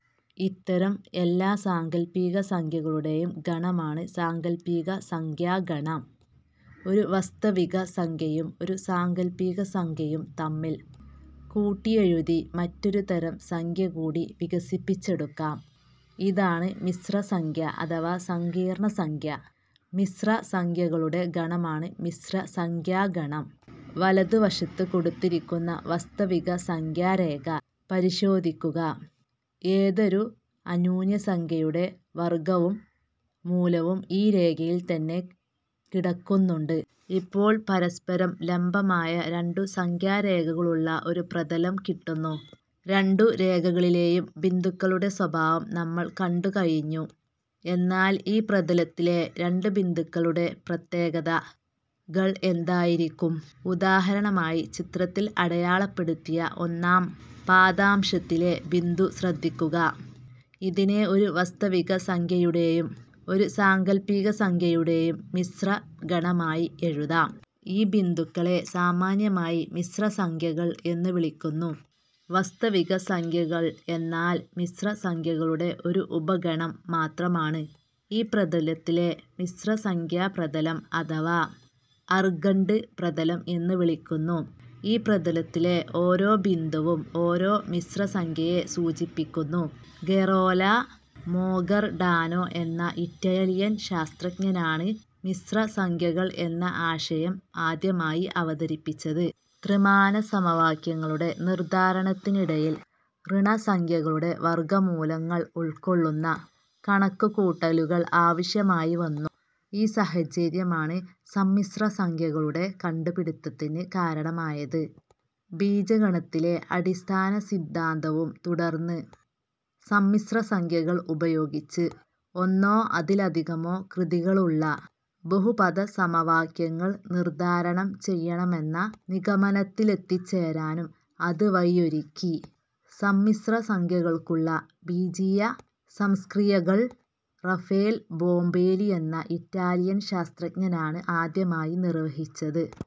ഇത്തരം എല്ലാ സാങ്കൽപ്പികസംഖ്യകളുടെയും ഗണമാണ് സാങ്കൽപ്പികസംഖ്യാഗണം. ഒരു വാസ്തവികസംഖ്യയും ഒരു സാങ്കല്പികസംഖ്യയും തമ്മിൽ കൂട്ടിയെഴുതിയ മറ്റൊരു തരം സംഖ്യ കൂടി വികസിപ്പിച്ചെടുക്കാം. ഇതാണ് മിശ്രസംഖ്യ അഥവാ സങ്കീർണസംഖ്യ. മിശ്രസംഖ്യകളുടെ ഗണമാണ് മിശ്രസംഖ്യാഗണം. വലതുവശത്തു കൊടുത്തിരിയ്ക്കുന്ന വാസ്തവികസംഖ്യാരേഖ പരിശോധിയ്ക്കുക. ഏതൊരു അന്യൂനസംഖ്യയുടെ വർഗ്ഗമൂലവും ഈ രേഖയിൽ തന്നെ കിടക്കുന്നുണ്ട്. ഇപ്പോൾ പരസ്പരം ലംബമായ രണ്ടു സംഖ്യാരേഖകൾ ഉള്ള ഒരു പ്രതലം കിട്ടുന്നു. രണ്ടു രേഖകളിലെയും ബിന്ദുക്കളുടെ സ്വഭാവം നമ്മൾ കണ്ടു കഴിഞ്ഞു. എന്നാൽ ഈ പ്രതലത്തിലെ മറ്റു ബിന്ദുക്കളുടെ പ്രത്യേകതകൾ എന്തായിരിയ്ക്കും? ഉദാഹരണമായി ചിത്രത്തിൽ അടയാളപ്പെടുത്തിയ ഒന്നാം പാദാംശത്തിലെ ബിന്ദു ശ്രദ്ധിയ്ക്കുക. ഇതിനെ ഒരു വാസ്തവികസംഖ്യയുടെയും ഒരു സാങ്കൽപ്പികസംഖ്യയുടെയും മിശ്രണം ആയി എഴുതാം. ഈ ബിന്ദുക്കളെ സാമാന്യമായി മിശ്രസംഖ്യകൾ എന്നു വിളിയ്ക്കുന്നു. വാസ്തവികസംഖ്യകൾ എന്നാൽ മിശ്രസംഖ്യകളുടെ ഒരു ഉപഗണം മാത്രമാണ്. ഈ പ്രതലത്തെ മിശ്രസംഖ്യാപ്രതലം അഥവാ ആർഗണ്ട് പ്രതലം എന്നു വിളിയ്ക്കുന്നു. ഈ പ്രതലത്തിലെ ഓരോ ബിന്ദുവും ഓരോ മിശ്രസംഖ്യയെ സൂചിപ്പിയ്ക്കുന്നു. ഗെറൊലമൊ കർഡാനൊ എന്ന ഇറ്റാലിയൻ ഗണിതശാസ്ത്രജ്ഞനാണ് മിശ്ര സംഖ്യകൾ എന്ന ആശയം ആദ്യമായി അവതരിപ്പിച്ചത്. ത്രിമാനസമവാക്യങ്ങളുടെ നിർദ്ധാരണത്തിനിടയിൽ ഋണസംഖ്യകളുടെ വർഗ്ഗമൂലങ്ങൾ ഉൾക്കൊള്ളുന്ന കണക്കുകൂട്ടലുകൾ ആവശ്യമായി വന്നു. ഈ സാഹചര്യമാണ് സമ്മിശ്രസംഖ്യകളുടെ കണ്ടുപിടിത്തത്തിന് കാരണമായത്. ബീജഗണിതത്തിലെ അടിസ്ഥാന സിദ്ധാന്തത്തിനും തുടർന്ന് സമ്മിശ്രസംഖ്യകൾ ഉപയോഗിച്ച് ഒന്നോ അതിലധികമോ കൃതിയിലുള്ള ബഹുപദസമവാക്യങ്ങൾ നിർദ്ധാരണം ചെയ്യാമെന്ന നിഗമനത്തിലെത്തിച്ചേരാനും ഇത് വഴിയൊരുക്കി. സമ്മിശ്രസംഖ്യകൾക്കുള്ള ബീജീയസംക്രിയകൾ റഫേൽ ബോംബെലി എന്ന ഇറ്റാലിയൻ ഗണിതശാസ്ത്രജ്ഞനാണ് ആദ്യമായി നിർവ്വചിച്ചത്.